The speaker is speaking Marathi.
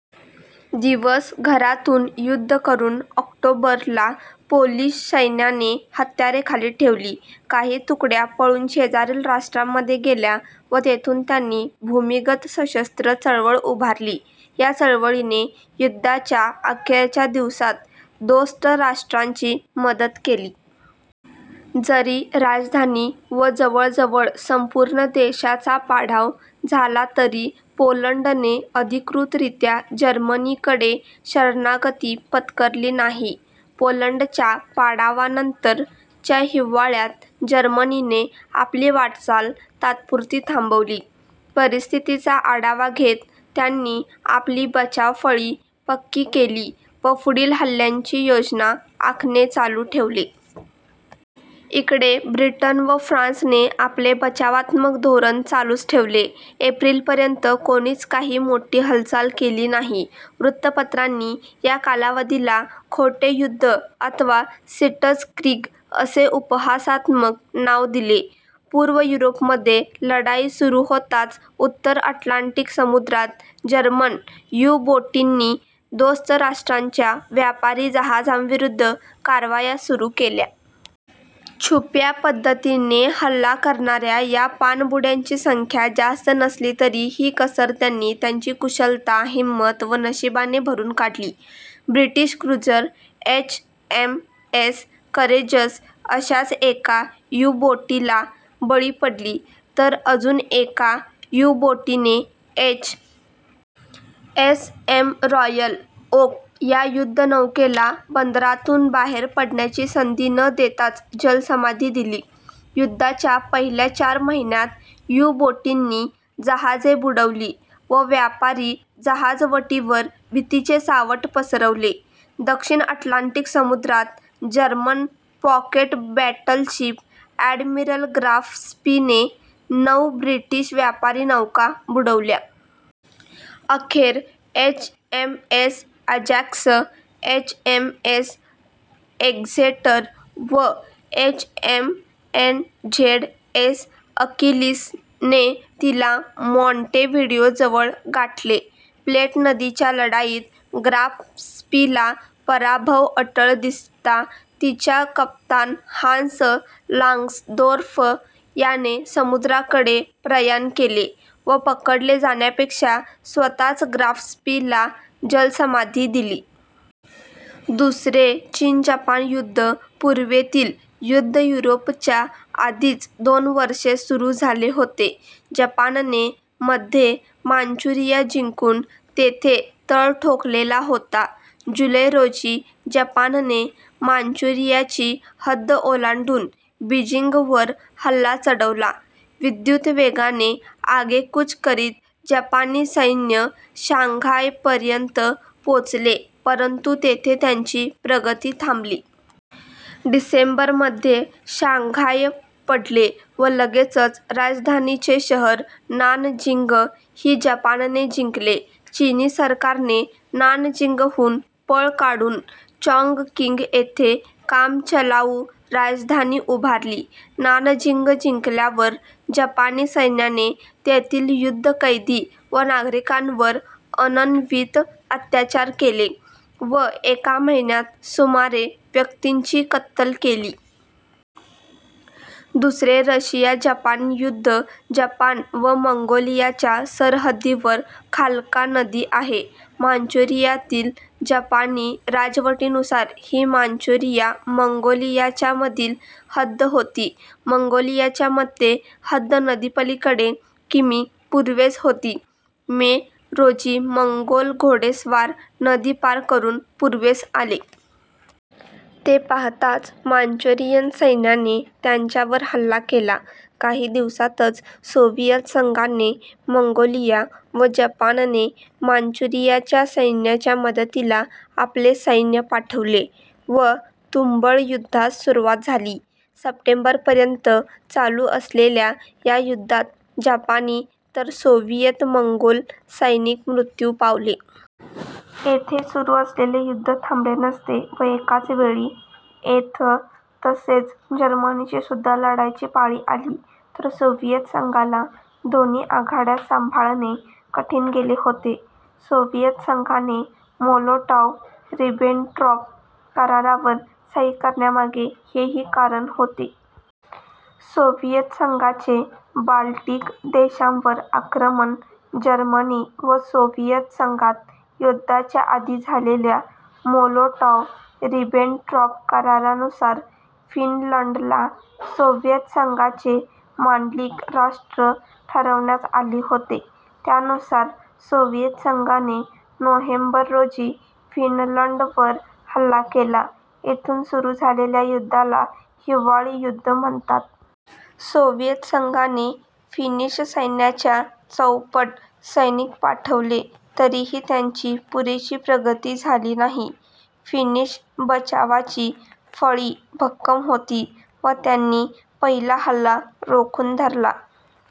- दिवस घराघरातून युद्ध करून ऑक्टोबर ला पोलिश सैन्याने हत्यारे खाली ठेवली. काही तुकड्या पळून शेजारील राष्ट्रांमध्ये गेल्या व तेथून त्यांनी भूमिगत सशस्त्र चळवळ उभारली. या चळवळीने युद्धाच्या अखेरच्या दिवसांत दोस्त राष्ट्रांची मोठी मदत केली. जरी राजधानी व जवळजवळ संपूर्ण देशाचा पाडाव झाला तरी पोलंडने अधिकृतरीत्या जर्मनीकडे शरणागती पत्करली नाही. पोलंडच्या पाडावानंतर च्या हिवाळ्यात जर्मनीने आपली वाटचाल तात्पुरती थांबवली. परिस्थितीचा आढावा घेत त्यांनी आपली बचावफळी पक्की केली व पुढील हल्ल्यांची योजना आखणे चालू ठेवले. इकडे ब्रिटन व फ्रान्सने आपले बचावात्मक धोरण चालूच ठेवले. एप्रिल पर्यंत कोणीच काही मोठी हालचाल केली नाही. वृत्तपत्रांनी या कालावधीला खोटे युद्ध अथवा सिट्झक्रीग असे उपहासात्मक नाव दिले. पूर्व युरोपमध्ये लढाई सुरू होताच उत्तर अटलांटिक समु्द्रात जर्मन यु-बोटींनी दोस्त राष्ट्रांच्या व्यापारी जहाजांविरुद्ध कारवाया सुरू केल्या. छुप्या पद्धतीने हल्ला करणाऱ्या या पाणबुड्यांची संख्या जास्त नसली तरी ही कसर त्यांनी त्यांची कुशलता, हिंमत व नशीबाने भरून काढली. British cruiser H. M. S. Courageous अशाच एका यु-बोटीला बळी पडली तर अजून एका यु-बोटीने H. M. S. Royal Oak या युद्धनौकेला बंदरातून बाहेर पडण्याची संधी न देताच जलसमाधी दिली. युद्धाच्या पहिल्या चार महिन्यात यु-बोटींनी जहाजे बुडवली व व्यापारी जहाजवटीवर भीतीचे सावट पसरवले. दक्षिण अटलांटिक समुद्रात German pocket battleship admiral Graf स्पीने नऊ ब्रिटिश व्यापारी नौका बुडवल्या. अखेर H. M. S. Ajax, H. M. S. Exeter व H. M. N. Z. S. Achilles ने तिला मॉॅंटेव्हिडियोजवळ गाठले. प्लेट नदीच्या लढाईत ग्राफ स्पीला पराभव अटळ दिसता तिच्या कप्तान हान्स लांग्सदोर्फ याने समुद्राकडे प्रयाण केले व पकडले जाण्यापेक्षा स्वतःच ग्राफ स्पीला जलसमाधी दिली. दुसरे चीन-जपान युद्ध पूर्वेतील युद्ध युरोपच्या आधीच दोन वर्षे सुरू झाले होते. जपानने मध्ये मांचुरिया जिंकून तेथे तळ ठोकलेला होता. जुलै, रोजी जपानने मांचुरियाची हद्द ओलांडून बिजींगवर हल्ला चढवला. विद्युतवेगाने आगेकूच करीत जपानी सैन्य शांघायपर्यंत पोचले परंतु तेथे त्यांची प्रगती थांबली. डिसेंबर मध्ये शांघाय पडले व लगेचच राजधानीचे शहर नानजिंग ही जपानने जिंकले. चीनी सरकारने नानजिंगहून पळ काढून चॉॅंगकिंग येथे कामचलाऊ राजधानी उभारली. नानजिंग जिंकल्यावर जपानी सैन्याने तेथील युद्धकैदी व नागरिकांवर अनन्वित अत्याचार केले व एका महिन्यात सुमारे व्यक्तींची कत्तल केली. दुसरे रशिया-जपान युद्ध जपान व मंगोलियाच्या सरहद्दीवर खाल्का नदी आहे. मांचुरियातील जपानी राजवटीनुसार ही मांचुरिया-मंगोलियाच्यामधील हद्द होती. मंगोलियाच्या मते हद्द नदीपलीकडे किमी पूर्वेस होती. मे, रोजी मोंगोल घोडेस्वार नदी पार करून पूर्वेस आले. ते पाहताच मांचुरियन सैन्याने त्यांच्यावर हल्ला केला. काही दिवसातच सोव्हिएत संघाने मंगोलिया व जपानने मांचुरियाच्या सैन्याच्या मदतीला आपले सैन्य पाठवले व तुंबळ युद्धास सुरुवात झाली. सप्टेंबरपर्यंत चालू असलेल्या या युद्धात जपानी तर सोव्हिएत-मंगोल सैनिक मृत्यू पावले. येथे सुरू असलेले युद्ध थांबले नसते व एकाच वेळी येथ तसेच जर्मनीशीसुद्धा लढायची पाळी आली तर सोव्हिएत संघाला दोन्ही आघाड्या संभाळणे कठीण गेले होते. सोव्हिएत संघाने मोलोटॉव्ह-रिबेनट्रॉप करारावर सही करण्यामागे हेही एक कारण होते. सोव्हिएत संघाचे बाल्टिक देशांवर आक्रमण जर्मनी व सोव्हिएत संघात युद्धाच्या आधी झालेल्या मोलोटॉव्ह-रिबेनट्रॉप करारानुसार फिनलंडला सोव्हिएत संघाचे मांडलिक राष्ट्र ठरवण्यात आले होते. त्यानुसार सोव्हिएत संघाने नोव्हेंबर, रोजी फिनलंडवर हल्ला केला. येथून सुरू झालेल्या युद्धाला हिवाळी युद्ध म्हणतात. सोव्हिएत संघाने फिनिश सैन्याच्या चौपट सैनिक पाठवले तरीही त्यांची पुरेशी प्रगती झाली नाही. फिनिश बचावाची फळी भक्कम होती व त्यांनी पहिला हल्ला रोखून धरला.